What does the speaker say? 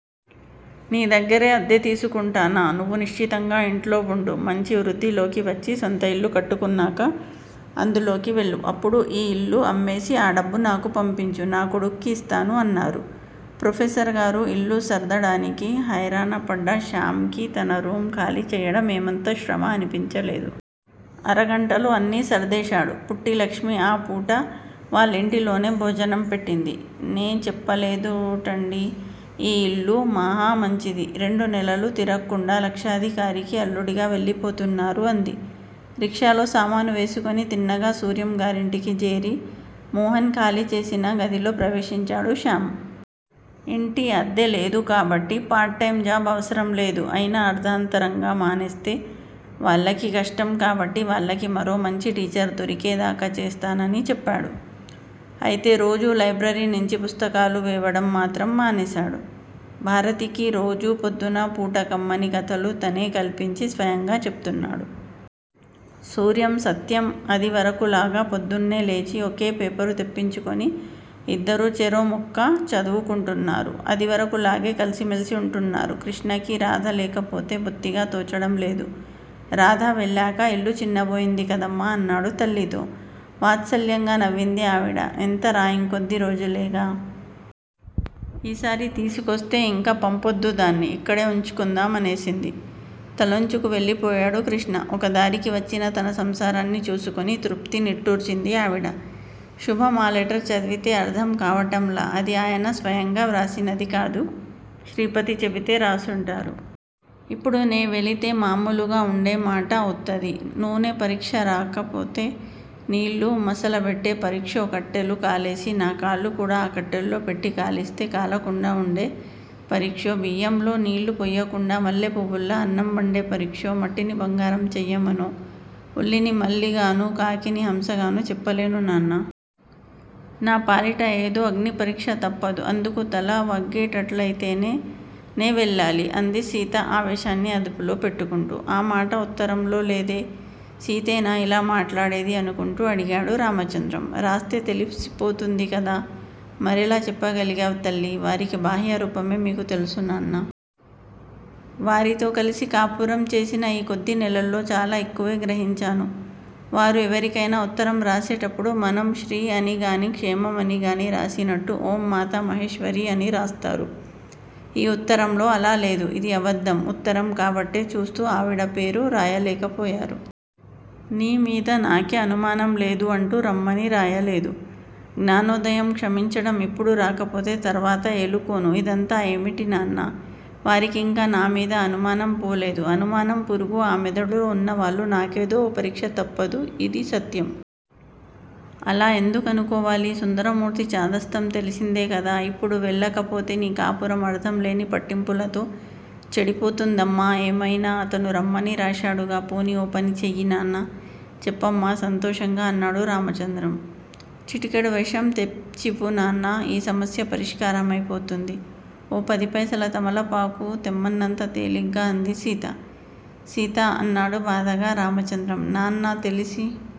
నీ దగ్గర అద్దె తీసుకుంటానా? నువ్వు నిశ్చింతగా ఇంట్లో వుండు మంచి వృద్దిలోకి వచ్చి స్వంత ఇల్లు కట్టుక్కున్నాక అందులోకి వెళ్ళు. అప్పుడు ఈ యిల్లు అమ్మేసి ఆ డబ్బు నాకు పంపించు. నా కొడుక్కి యిస్తాను అన్నారు. ప్రొఫెసర్ గారు యిల్లు సర్దడానికి హైరానాపడ్డ శ్యామ్ కి తన రూం ఖాళీ చెయ్యడం ఏమంత శ్రమ అనిపించలేదు. అరగంటలో అన్నీ సర్దేశాడు. పుట్టిలక్ష్మి ఆ పూట వాళ్ళింటిలోనే భోజనం పెట్టింది నే చెప్పలేదుటండీ, ఈ యిల్లు మహా మంచిది. రెండు నెలలు తిరక్కుండా లక్షాధికారికి అల్లుడిగా వెళ్ళిపోతున్నారు అంది. రిక్షాలో సామానువేసుకుని తిన్నగా సూర్యం గారింటికి జేరి మోహన్ ఖాళీ చేసిన గదిలో ప్రవేశించాడు శ్యామ్. ఇంటి అద్దె లేదు కాబట్టి పార్ట్ టైం జాబ్ అవసరంలేదు. అయినా అర్థాంతరంగా మానేస్తే వాళ్ళకి కష్టం కాబట్టి వాళ్ళకి మరో మంచి టీచర్ దొరికేదాకా చేస్తానని చెప్పాడు. అయితే రోజూ లైబ్రరీనించి పుస్తకాలు వేవడం మాత్రం మానేసాడు. భారతికి రోజు పొద్దున పూట కమ్మని కథలు తనే కల్పించి స్వయంగా చెప్తున్నాడు. సూర్యం, సత్యం అదివరకులాగా పొద్దున్నే లేచి ఒకే పేపరు తెప్పించుకుని యిద్దరూ చెరో ముక్కా చదువుకుంటున్నారు. అదివరకులాగే కలిసిమెలిసి ఉంటున్నారు. క్రిష్ణకి రాధ లేకపోతే బొత్తిగా తోచడంలేదు. రాధ వెళ్ళాక యిల్లు చిన్నబోయింది కదమ్మా! అన్నాడు తల్లితో. వాత్సల్యంగా నవ్వింది ఆవిడ. ఎంతరా! ఇంకొద్ది రోజులేగా. ఈసారి తీసుకొస్తే యిక పంపొద్దు దాన్ని. ఇక్కడే ఉంచుకుందాం అనేసింది. తలొంచుకు వెళ్ళిపోయాడు కృష్ణ. ఒకదారికి వచ్చిన తన సంసారాన్ని చూసుకుని తృప్తి నిట్టూర్చింది ఆవిడ. శుభం అ లెటర్ చదివితే అర్ధం కావటంలా? అది అయన స్వయంగా వ్రాసినది కాదు. శ్రీపతి చెపితే రాసుంటారు. ఇప్పుడు నే వెళితే మాములుగా ఉండేమాట ఉత్తది. నూనె పరిక్ష కాకపోతే నీళ్ళు మసలబెట్టే పరిక్షో కట్టెలు కాలేసి నా కాళ్ళు కూడా ఆ కట్టెల్లో పెట్టి కాలిస్తే కాలకుండా వుండే పరిక్షో బియ్యంలో నీళ్ళు పొయ్యకుండా మల్లెపువ్వుల్లా అన్నం వండే పరిక్షో, మట్టిని బంగారం చేయ్యమనో, ఉల్లిని మళ్ళి గాను, కాకిని హంసగాను, చెప్పలేను నాన్నా! నా పాలిట ఏదో అగ్ని పరిక్ష తప్పదు. అందుకు తలవగ్గేటట్లయితేనే నే వెళ్ళాలి. అంది సీత ఆవేశాన్ని అదుపులో పెట్టుకుంటూ. ఆ మాట ఉత్తరంలో లేదే? సీతేనా ఇలా మాట్లాడేది అనుకుంటూ అడిగాడు రామచంద్రం. రాస్తే తెలిసిపోతుంది కదా? మరెలా చెప్పగాలిగావ్ తల్లి? వారికీ బాహ్య రూపమే మీకు తెలుసు నాన్నా! వారితో కల్సి కాపురం చేసిన ఈ కొద్ది నెలల్లో చాలా ఎక్కువే గ్రహించాను. వారు ఎవరికైనా ఉత్తరం రాసేటప్పుడు, మనం శ్రీ అని గాని క్షేమం అని గాని రాసినట్టు ఓం మాతా మహేశ్వరీ అని రాస్తారు. ఈ ఉత్తరంలో అలా లేదు. ఇది అబద్దం ఉత్తరం కాబట్టే చూస్తూ ఆవిడ పేరు రాయలేకపోయారు. నీ మీద నాకే అనుమానం లేదు, అంటూ రమ్మని రాయలేదు. జ్ఞానోదయం, క్షమించటం, ఇప్పుడు రాకపోతే తర్వాత ఏలుకోను, ఇదంతా ఏమిటి నాన్నా? వారికింకా నా మీద అనుమానం పోలేదు. అనుమానం పురుగు ఆ మెదడులో ఉన్నన్నాళ్ళు నాకేదో ఓ పరిక్ష తప్పదు, ఇది సత్యం. అలా ఎందుకనుకోవాలి? సుందరమూర్తి చాదస్తం తెలిసిందే కదా? ఇప్పుడు వెళ్ళకపోతే నీ కాపురం అర్ధం లేని పట్టింపులతో చెడిపోతుందమ్మా! ఏమయినా అతను రమ్మని రాశాడుగా పోనీ ఓపని చేయినాన్నా! చెప్పమ్మా సంతోషంగా అన్నాడు రామచంద్రం. చిటికెడు విషం తెచ్చివ్వు నాన్నా! ఈ సమస్య పరిష్కారమైపోతుంది. ఓ పదిపైసల తమలపాకు తెమ్మన్నంత తేలిగ్గా అంది సీత. సీత అన్నాడు బాధగా రామచంద్రం. నాన్నా! తెలిసి